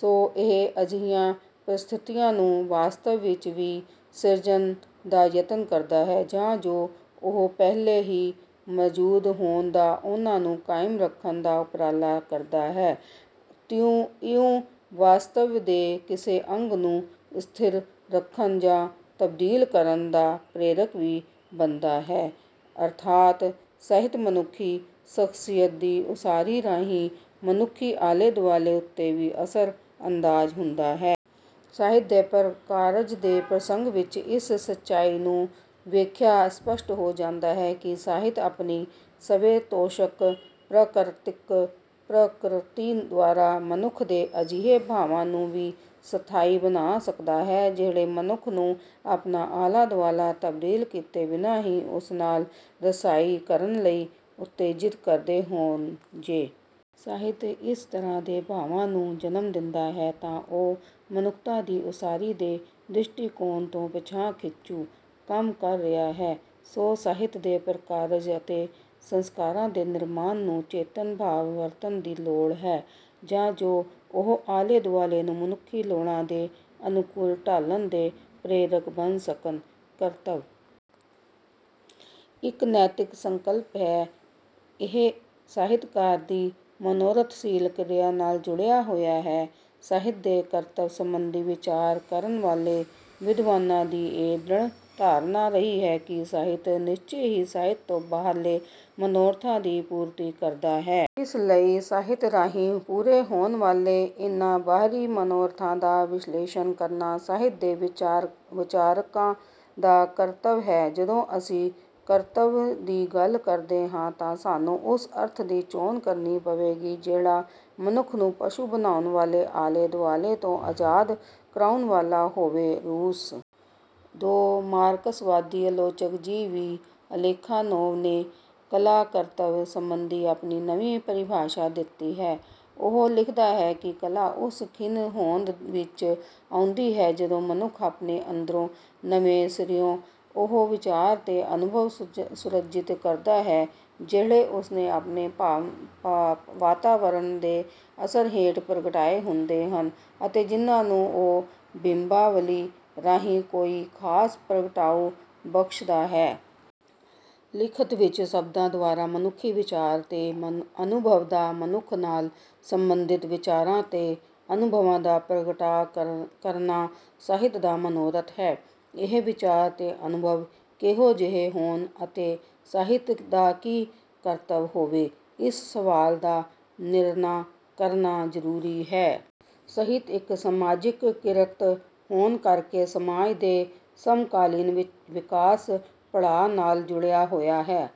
ਸੋ ਇਹ ਅਜਿਹੀਆਂ ਪ੍ਰਸਥਿਤੀਆਂ ਨੂੰ ਵਾਸਤਵ ਵਿੱਚ ਵੀ ਸਿਰਜਣ ਦਾ ਯਤਨ ਕਰਦਾ ਹੈ ਜਾਂ ਜੋ ਉਹ ਪਹਿਲੋਂ ਹੀ ਮੌਜੂਦ ਹੋਣ ਤਾਂ ਉਨ੍ਹਾਂ ਨੂੰ ਕਾਇਮ ਰੱਖਣ ਦਾ ਉਪਰਾਲਾ ਕਰਦਾ ਹੈ। ਇਉਂ ਵਾਸਤਵ ਦੇ ਕਿਸੇ ਅੰਗ ਨੂੰ ਸਥਿਰ ਰੱਖਣ ਜਾਂ ਤਬਦੀਲ ਕਰਨ ਦਾ ਪ੍ਰੇਰਕ ਵੀ ਬਣਦਾ ਹੈ, ਅਰਥਾਤ ਸਾਹਿਤ ਮਨੁੱਖੀ ਸ਼ਖ਼ਸੀਅਤ ਦੀ ਉਸਾਰੀ ਰਾਹੀਂ ਮਨੁੱਖੀ ਆਲੇ-ਦੁਆਲੇ ਉੱਤੇ ਵੀ ਅਸਰ-ਅੰਦਾਜ਼ ਹੁੰਦਾ ਹੈ। ਸਾਹਿਤ ਦੇ ਪ੍ਰਕਾਰਜ ਦੇ ਪ੍ਰਸੰਗ ਵਿੱਚ ਇਸ ਸਚਾਈ ਨੂੰ ਵੇਖਿਆਂ ਸਪੱਸ਼ਟ ਹੋ ਜਾਂਦਾ ਹੈ ਕਿ ਸਾਹਿਤ ਆਪਣੀ ਸਵੈ-ਤੋਸ਼ਕ ਪ੍ਰਕਿਰਤੀ ਦੁਆਰਾ ਮਨੁੱਖ ਦੇ ਅਜਿਹੇ ਭਾਵਾਂ ਨੂੰ ਵੀ ਸਥਾਈ ਬਣਾ ਸਕਦਾ ਹੈ ਜਿਹੜੇ ਮਨੁੱਖ ਨੂੰ ਆਪਣਾ ਆਲਾ-ਦੁਆਲਾ ਤਬਦੀਲ ਕੀਤੇ ਬਿਨਾਂ ਹੀ ਉਸ ਨਾਲ ਰਸਾਈ ਕਰਨ ਲਈ ਉਤੇਜਿਤ ਕਰਦੇ ਹੋਣ। ਜੇ ਸਾਹਿਤ ਇਸ ਤਰ੍ਹਾਂ ਦੇ ਭਾਵਾਂ ਨੂੰ ਜਨਮ ਦਿੰਦਾ ਹੈ ਤਾਂ ਉਹ ਮਨੁੱਖਤਾ ਦੀ ਉਸਾਰੀ ਦੇ ਦ੍ਰਿਸ਼ਟੀਕੋਣ ਤੋਂ ਪਿਛਾਂਹ-ਖਿੱਚੂ ਕੰਮ ਕਰ ਰਿਹਾ ਹੈ। ਸੋ ਸਾਹਿਤ ਦੇ ਪ੍ਰਕਾਰਜ ਅਤੇ ਸੰਸਕਾਰਾਂ ਦੇ ਨਿਰਮਾਣ ਨੂੰ ਚੇਤੰਨ ਭਾਂਤ ਵਰਤਣ ਦੀ ਲੋੜ ਹੈ, ਤਾਂ ਜੋ ਉਹ ਆਲੇ-ਦੁਆਲੇ ਨੂੰ ਮਨੁੱਖੀ ਲੋੜਾਂ ਦੇ ਅਨੁਕੂਲ ਢਾਲਣ ਦੇ ਪ੍ਰੇਰਕ ਬਣ ਸਕਣ। ਕਰਤੱਵ ਇੱਕ ਨੈਤਿਕ ਸੰਕਲਪ ਹੈ। ਇਹ ਸਾਹਿਤਕਾਰ ਦੀ ਮਨੋਰਥਸ਼ੀਲ ਕਿਰਿਆ ਨਾਲ ਜੁੜਿਆ ਹੋਇਆ ਹੈ। ਸਾਹਿਤ ਦੇ ਕਰਤੱਵ ਸਬੰਧੀ ਵਿਚਾਰ ਕਰਨ ਵਾਲੇ ਵਿਦਵਾਨਾਂ ਦੀ ਇਹ ਦ੍ਰਿੜ੍ਹ ਧਾਰਨਾ ਰਹੀ ਹੈ ਕਿ ਸਾਹਿਤ ਨਿਸਚੇ ਹੀ ਸਾਹਿਤ ਤੋਂ ਬਾਹਰਲੇ ਮਨੋਰਥਾਂ ਦੀ ਪੂਰਤੀ ਕਰਦਾ ਹੈ। ਇਸ ਲਈ ਸਾਹਿਤ ਰਾਹੀਂ ਪੂਰੇ ਹੋਣ ਵਾਲੇ ਇਨ੍ਹਾਂ ਬਾਹਰੀ ਮਨੋਰਥਾਂ ਦਾ ਵਿਸ਼ਲੇਸ਼ਣ ਕਰਨਾ ਸਾਹਿਤ ਦੇ ਵਿਚਾਰਕਾਂ ਦਾ ਕਰਤੱਵ ਹੈ। ਜਦੋਂ ਅਸੀਂ ਕਰਤੱਵ ਦੀ ਗੱਲ ਕਰਦੇ ਹਾਂ ਤਾਂ ਸਾਨੂੰ ਉਸ ਅਰਥ ਦੀ ਚੋਣ ਕਰਨੀ ਪਵੇਗੀ ਜਿਹੜਾ ਮਨੁੱਖ ਨੂੰ ਪਸ਼ੂ ਬਣਾਉਣ ਵਾਲੇ ਆਲੇ-ਦੁਆਲੇ ਤੋਂ ਆਜ਼ਾਦ ਕਰਾਉਣ ਵਾਲਾ ਹੋਵੇ। ਰੂਸ ਦੇ ਮਾਰਕਸਵਾਦੀ ਆਲੋਚਕ ਜੀ. ਵੀ. ਪਲੈਖਾਨੋਵ ਨੇ ਕਲਾ-ਕਰਤੱਵ ਸਬੰਧੀ ਆਪਣੀ ਨਵੀਂ ਪਰਿਭਾਸ਼ਾ ਦਿੱਤੀ ਹੈ। ਉਹ ਲਿਖਦਾ ਹੈ ਕਿ ਕਲਾ ਉਸ ਖਿਣ ਹੋਂਦ ਵਿੱਚ ਆਉਂਦੀ ਹੈ ਜਦੋਂ ਮਨੁੱਖ ਆਪਣੇ ਅੰਦਰ ਨਵੇਂ ਸਿਰਿਓਂ ਉਹ ਵਿਚਾਰ ਤੇ ਅਨੁਭਵ ਸੁਰਜੀਤ ਕਰਦਾ ਹੈ ਜਿਹੜੇ ਉਸਨੇ ਆਪਣੇ ਵਾਤਾਵਰਨ ਦੇ ਅਸਰ ਹੇਠ ਪ੍ਰਗਟਾਏ ਹੁੰਦੇ ਹਨ ਅਤੇ ਜਿਨ੍ਹਾਂ ਨੂੰ ਉਹ ਬਿੰਬਾਵਲੀ ਰਾਹੀਂ ਕੋਈ ਖਾਸ ਪ੍ਰਗਟਾਓ ਬਖਸ਼ਦਾ ਹੈ। ਲਿਖਤ ਵਿੱਚ ਸ਼ਬਦਾਂ ਦੁਆਰਾ ਮਨੁੱਖੀ ਵਿਚਾਰ ਤੇ ਅਨੁਭਵ ਜਾਂ ਮਨੁੱਖ ਨਾਲ ਸਬੰਧਿਤ ਵਿਚਾਰਾਂ ਤੇ ਅਨੁਭਵਾਂ ਦਾ ਪ੍ਰਗਟਾਅ ਕਰਨਾ ਸਾਹਿਤ ਦਾ ਮਨੋਰਥ ਹੈ। ਇਹ ਵਿਚਾਰ ਤੇ ਅਨੁਭਵ ਕਿਹੋ ਜਿਹੇ ਹੋਣ ਅਤੇ ਸਾਹਿਤ ਦਾ ਕੀ ਕਰਤੱਵ ਹੋਵੇ, ਇਸ ਸਵਾਲ ਦਾ ਨਿਰਣਾ ਕਰਨਾ ਜ਼ਰੂਰੀ ਹੈ। ਸਾਹਿਤ ਇੱਕ ਸਮਾਜਿਕ ਕਿਰਤ ਹੋਣ ਕਰਕੇ ਸਮਾਜ ਦੇ ਸਮਕਾਲੀਨ ਵਿਕਾਸ-ਪੜਾਅ ਨਾਲ ਜੁੜਿਆ ਹੋਇਆ ਹੈ।